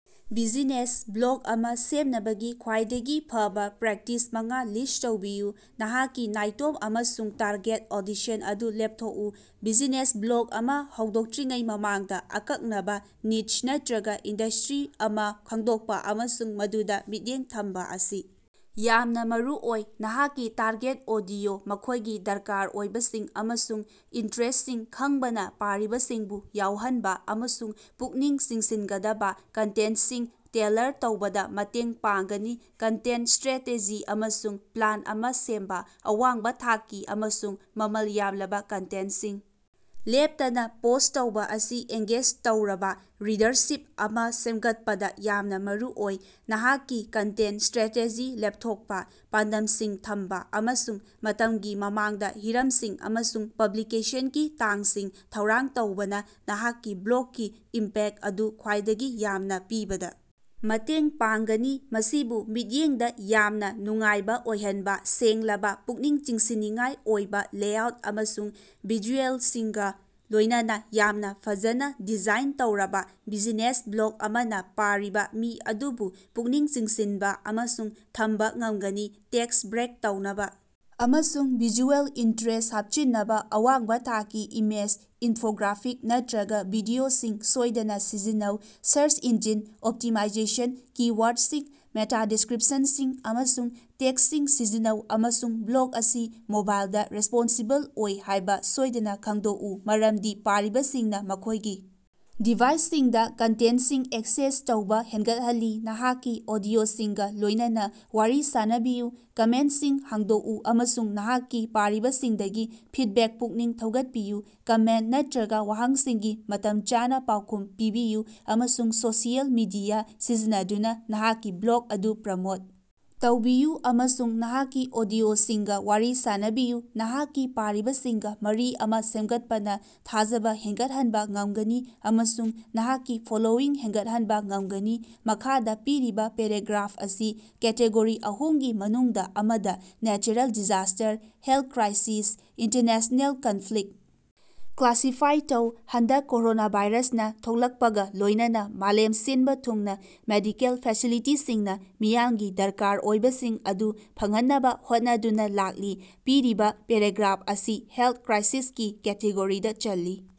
Business block ꯑꯃꯥ ꯁꯦꯝꯅꯕꯒꯤ ꯈ꯭ꯋꯥꯏꯗꯒꯤ ꯐꯕꯥ ꯄ꯭ꯔꯦꯛꯇꯤꯁ ꯃꯉꯥ ꯂꯤꯁ ꯇꯧꯕꯤꯌꯨ꯫ ꯅꯍꯥꯛꯀꯤ ꯅꯥꯏꯇꯣꯝ ꯑꯃꯁꯨꯡ ꯇꯥꯔꯒꯦꯠ ꯑꯣꯗꯤꯁꯟ ꯑꯗꯨ ꯂꯦꯞꯊꯣꯛꯎ: ꯕꯤꯖꯤꯅꯦꯁ ꯕ꯭ꯂꯣꯛ ꯑꯃꯥ ꯍꯧꯗꯣꯛꯇ꯭ꯔꯤꯉꯩ ꯃꯃꯥꯡꯗꯥ, ꯑꯀꯛꯅꯕꯥ ꯅꯤꯆ ꯅꯠꯇ꯭ꯔꯒꯥ ꯏꯟꯗꯁꯇ꯭ꯔꯤ ꯑꯃꯥ ꯈꯪꯗꯣꯛꯄꯥ ꯑꯃꯁꯨꯡ ꯃꯗꯨꯗꯥ ꯃꯤꯠꯌꯦꯡ ꯊꯝꯕꯥ ꯑꯁꯤ ꯌꯥꯝꯅꯥ ꯃꯔꯨꯑꯣꯏ꯫ ꯅꯍꯥꯛꯀꯤ ꯇꯥꯔꯒꯦꯠ ꯑꯣꯗꯤꯑꯣ, ꯃꯈꯣꯏꯒꯤ ꯗꯔꯀꯥꯔ ꯑꯣꯏꯕꯁꯤꯡ ꯑꯃꯁꯨꯡ ꯏꯟꯇꯔꯦꯁꯁꯤꯡ ꯈꯪꯕꯅꯥ ꯄꯥꯔꯤꯕꯁꯤꯡꯕꯨ ꯌꯥꯎꯍꯟꯕꯥ ꯑꯃꯁꯨꯡ ꯄꯨꯛꯅꯤꯡ ꯆꯤꯡꯁꯤꯟꯒꯗꯕꯥ ꯀꯟꯇꯦꯟꯁꯤꯡ ꯇꯦꯜꯂꯔ ꯇꯧꯕꯗꯥ ꯃꯇꯦꯡ ꯄꯥꯡꯒꯅꯤ꯫ ꯀꯟꯇꯦꯟꯇ ꯁ꯭ꯇꯔꯦꯇꯦꯖꯤ ꯑꯃꯁꯨꯡ ꯄ꯭ꯂꯥꯟ ꯑꯃꯥ ꯁꯦꯝꯕꯥ: ꯑꯋꯥꯡꯕꯥ ꯊꯥꯛꯀꯤ ꯑꯃꯁꯨꯡ ꯃꯃꯜ ꯌꯥꯝꯂꯕꯥ ꯀꯟꯇꯦꯟꯇꯁꯤꯡ ꯂꯦꯞꯇꯅꯥ ꯄꯣꯁ ꯇꯧꯕꯥ ꯑꯁꯤ ꯑꯦꯡꯒꯦꯖ ꯇꯧꯔꯕꯥ ꯔꯤꯗꯔꯁꯤꯞ ꯑꯃꯥ ꯁꯦꯝꯒꯠꯄꯗꯥ ꯌꯥꯝꯅꯥ ꯃꯔꯨꯑꯣꯏ꯫ ꯅꯍꯥꯛꯀꯤ ꯀꯟꯇꯦꯟꯇ ꯁ꯭ꯇꯔꯦꯇꯦꯖꯤ ꯂꯦꯞꯊꯣꯛꯄꯥ, ꯄꯥꯟꯗꯝꯁꯤꯡ ꯊꯝꯕꯥ ꯑꯃꯁꯨꯡ ꯃꯇꯝꯒꯤ ꯃꯃꯥꯡꯗꯥ ꯍꯤꯔꯝꯁꯤꯡ ꯑꯃꯁꯨꯡ ꯄꯕ꯭ꯂꯤꯀꯦꯁꯟꯒꯤ ꯇꯥꯡꯁꯤꯡ ꯊꯧꯔꯥꯡ ꯇꯧꯕꯅꯥ ꯅꯍꯥꯛꯀꯤ ꯕ꯭ꯂꯣꯛꯀꯤ ꯏꯝꯄꯦꯛ ꯑꯗꯨ ꯈ꯭ꯋꯥꯏꯗꯒꯤ ꯌꯥꯝꯅꯥ ꯄꯤꯕꯗꯥ ꯃꯇꯦꯡ ꯄꯥꯡꯒꯅꯤ꯫ ꯃꯁꯤꯕꯨ ꯃꯤꯠꯌꯦꯡꯗꯥ ꯌꯥꯝꯅꯥ ꯅꯨꯡꯉꯥꯏꯕꯥ ꯑꯣꯏꯍꯟꯕꯥ: ꯁꯦꯡꯂꯕꯥ, ꯄꯨꯛꯅꯤꯡ ꯆꯤꯡꯁꯤꯟꯅꯤꯡꯉꯥꯏ ꯑꯣꯏꯕꯥ ꯂꯦꯑꯥꯎꯠ ꯑꯃꯁꯨꯡ ꯚꯤꯖꯨꯑꯦꯜꯁꯤꯡꯒꯥ ꯂꯣꯏꯅꯅꯥ ꯌꯥꯝꯅꯥ ꯐꯖꯅꯥ ꯗꯤꯖꯥꯏꯟ ꯇꯧꯔꯕꯥ ꯕꯤꯖꯤꯅꯦꯁ ꯕ꯭ꯂꯣꯛ ꯑꯃꯅꯥ ꯄꯥꯔꯤꯕꯥ ꯃꯤ ꯑꯗꯨꯕꯨ ꯄꯨꯛꯅꯤꯡ ꯆꯤꯡꯁꯤꯟꯕꯥ ꯑꯃꯁꯨꯡ ꯊꯝꯕꯥ ꯉꯝꯒꯅꯤ꯫ ꯇꯦꯛꯁ ꯕ꯭ꯔꯦꯛ ꯇꯧꯅꯕꯥ ꯑꯃꯁꯨꯡ ꯚꯤꯖꯨꯑꯦꯜ ꯏꯟꯇ꯭ꯔꯦꯁ ꯍꯥꯞꯆꯤꯟꯅꯕꯥ ꯑꯋꯥꯡꯕꯥ ꯊꯥꯛꯀꯤ ꯏꯃꯦꯖ, ꯏꯟꯐꯣꯒ꯭ꯔꯥꯐꯤꯛ ꯅꯠꯇ꯭ꯔꯒꯥ ꯚꯤꯗꯤꯑꯣꯁꯤꯡ ꯁꯣꯏꯗꯅꯥ ꯁꯤꯖꯤꯟꯅꯧ꯫ ꯁꯔꯁ ꯏꯟꯖꯤꯟ ꯑꯣꯞꯇꯤꯃꯥꯏꯖꯦꯁꯟ ꯀꯤ-ꯋꯥꯔꯗꯁꯤꯡ, ꯃꯦꯇꯥ ꯗꯤꯁꯀ꯭ꯔꯤꯞꯁꯟꯁꯤꯡ ꯑꯃꯁꯨꯡ ꯇꯦꯛꯁꯤꯡ ꯁꯤꯖꯤꯟꯅꯧ ꯑꯃꯁꯨꯡ ꯕ꯭ꯂꯣꯛ ꯑꯁꯤ ꯃꯣꯕꯥꯏꯜꯗꯥ ꯔꯦꯁꯄꯣꯟꯁꯤꯕꯜ ꯑꯣꯏ ꯍꯥꯏꯕꯥ ꯁꯣꯏꯗꯅꯥ ꯈꯪꯗꯣꯛꯎ, ꯃꯔꯝꯗꯤ ꯄꯥꯔꯤꯕꯁꯤꯡꯅꯥ ꯃꯈꯣꯏꯒꯤ ꯗꯤꯚꯥꯏꯁꯁꯤꯡꯗꯥ ꯀꯟꯇꯦꯟꯇꯁꯤꯡ ꯑꯦꯛꯁꯦꯁ ꯇꯧꯕꯥ ꯍꯦꯟꯒꯠꯍꯜꯂꯤ꯫ ꯅꯍꯥꯛꯀꯤ ꯑꯣꯗꯤꯑꯣꯁꯤꯡꯒꯥ ꯂꯣꯏꯅꯅꯥ ꯋꯥꯔꯤ ꯁꯥꯅꯕꯤꯌꯨ: ꯀꯃꯦꯟꯇꯁꯤꯡ ꯍꯥꯡꯗꯣꯛꯎ ꯑꯃꯁꯨꯡ ꯅꯍꯥꯛꯀꯤ ꯄꯥꯔꯤꯕꯁꯤꯡꯗꯒꯤ ꯐꯤꯠꯕꯦꯛ ꯄꯨꯛꯅꯤꯡ ꯊꯧꯒꯠꯄꯤꯌꯨ꯫ ꯀꯃꯦꯟꯇ ꯅꯠꯇ꯭ꯔꯒꯥ ꯋꯥꯍꯪꯁꯤꯡꯒꯤ ꯃꯇꯝ ꯆꯥꯅꯥ ꯄꯥꯎꯈꯨꯝ ꯄꯤꯕꯤꯌꯨ ꯑꯃꯁꯨꯡ ꯁꯣꯁꯤꯑꯦꯜ ꯃꯤꯗꯤꯌꯥ ꯁꯤꯖꯤꯟꯅꯗꯨꯅꯥ ꯅꯍꯥꯛꯀꯤ ꯕ꯭ꯂꯣꯛ ꯑꯗꯨ ꯄ꯭ꯔꯃꯣꯠ ꯇꯧꯕꯤꯌꯨ ꯑꯃꯁꯨꯡ ꯅꯍꯥꯛꯀꯤ ꯑꯣꯗꯤꯑꯣꯁꯤꯡꯒꯥ ꯋꯥꯔꯤ ꯁꯥꯅꯕꯤꯌꯨ꯫ ꯅꯍꯥꯛꯀꯤ ꯄꯥꯔꯤꯕꯁꯤꯡꯒꯥ ꯃꯔꯤ ꯑꯃꯥ ꯁꯦꯝꯒꯠꯄꯅꯥ ꯊꯥꯖꯕꯥ ꯍꯦꯟꯒꯠꯍꯟꯕꯥ ꯉꯝꯒꯅꯤ ꯑꯃꯁꯨꯡ ꯅꯍꯥꯛꯀꯤ ꯐꯣꯂꯣꯋꯤꯡ ꯍꯦꯟꯒꯠꯍꯟꯕꯥ ꯉꯝꯒꯅꯤ꯫ ꯃꯈꯥꯗꯥ ꯄꯤꯔꯤꯕꯥ ꯄꯦꯔꯥꯒ꯭ꯔꯥꯐ ꯑꯁꯤ ꯀꯦꯇꯦꯒꯣꯔꯤ ꯑꯍꯨꯝꯒꯤ ꯃꯅꯨꯡꯗꯥ ꯑꯃꯗꯥ (natural disaster, health crisis, international conflict) classify ꯇꯧ꯫ ꯍꯟꯗꯛ ꯀꯣꯔꯣꯅꯥꯚꯥꯏꯔꯁꯅꯥ ꯊꯣꯛꯂꯛꯄꯒꯥ ꯂꯣꯏꯅꯅꯥ ꯃꯥꯂꯦꯝ ꯁꯤꯟꯕꯥ ꯊꯨꯡꯅꯥ ꯃꯦꯗꯤꯀꯦꯜ ꯐꯦꯁꯤꯂꯤꯇꯤꯁꯤꯡꯅꯥ ꯃꯤꯌꯥꯝꯒꯤ ꯗꯔꯀꯥꯔ ꯑꯣꯏꯕꯁꯤꯡ ꯑꯗꯨ ꯐꯪꯍꯟꯅꯕꯥ ꯍꯣꯠꯅꯗꯨꯅꯥ ꯂꯥꯛꯂꯤ꯫ ꯄꯤꯔꯤꯕꯥ ꯄꯦꯔꯥꯒ꯭ꯔꯥꯐ ꯑꯁꯤ ꯍꯦꯜꯊ ꯀ꯭ꯔꯥꯏꯁꯤꯁꯀꯤ ꯀꯦꯇꯦꯒꯣꯔꯤꯗꯥ ꯆꯜꯂꯤ꯫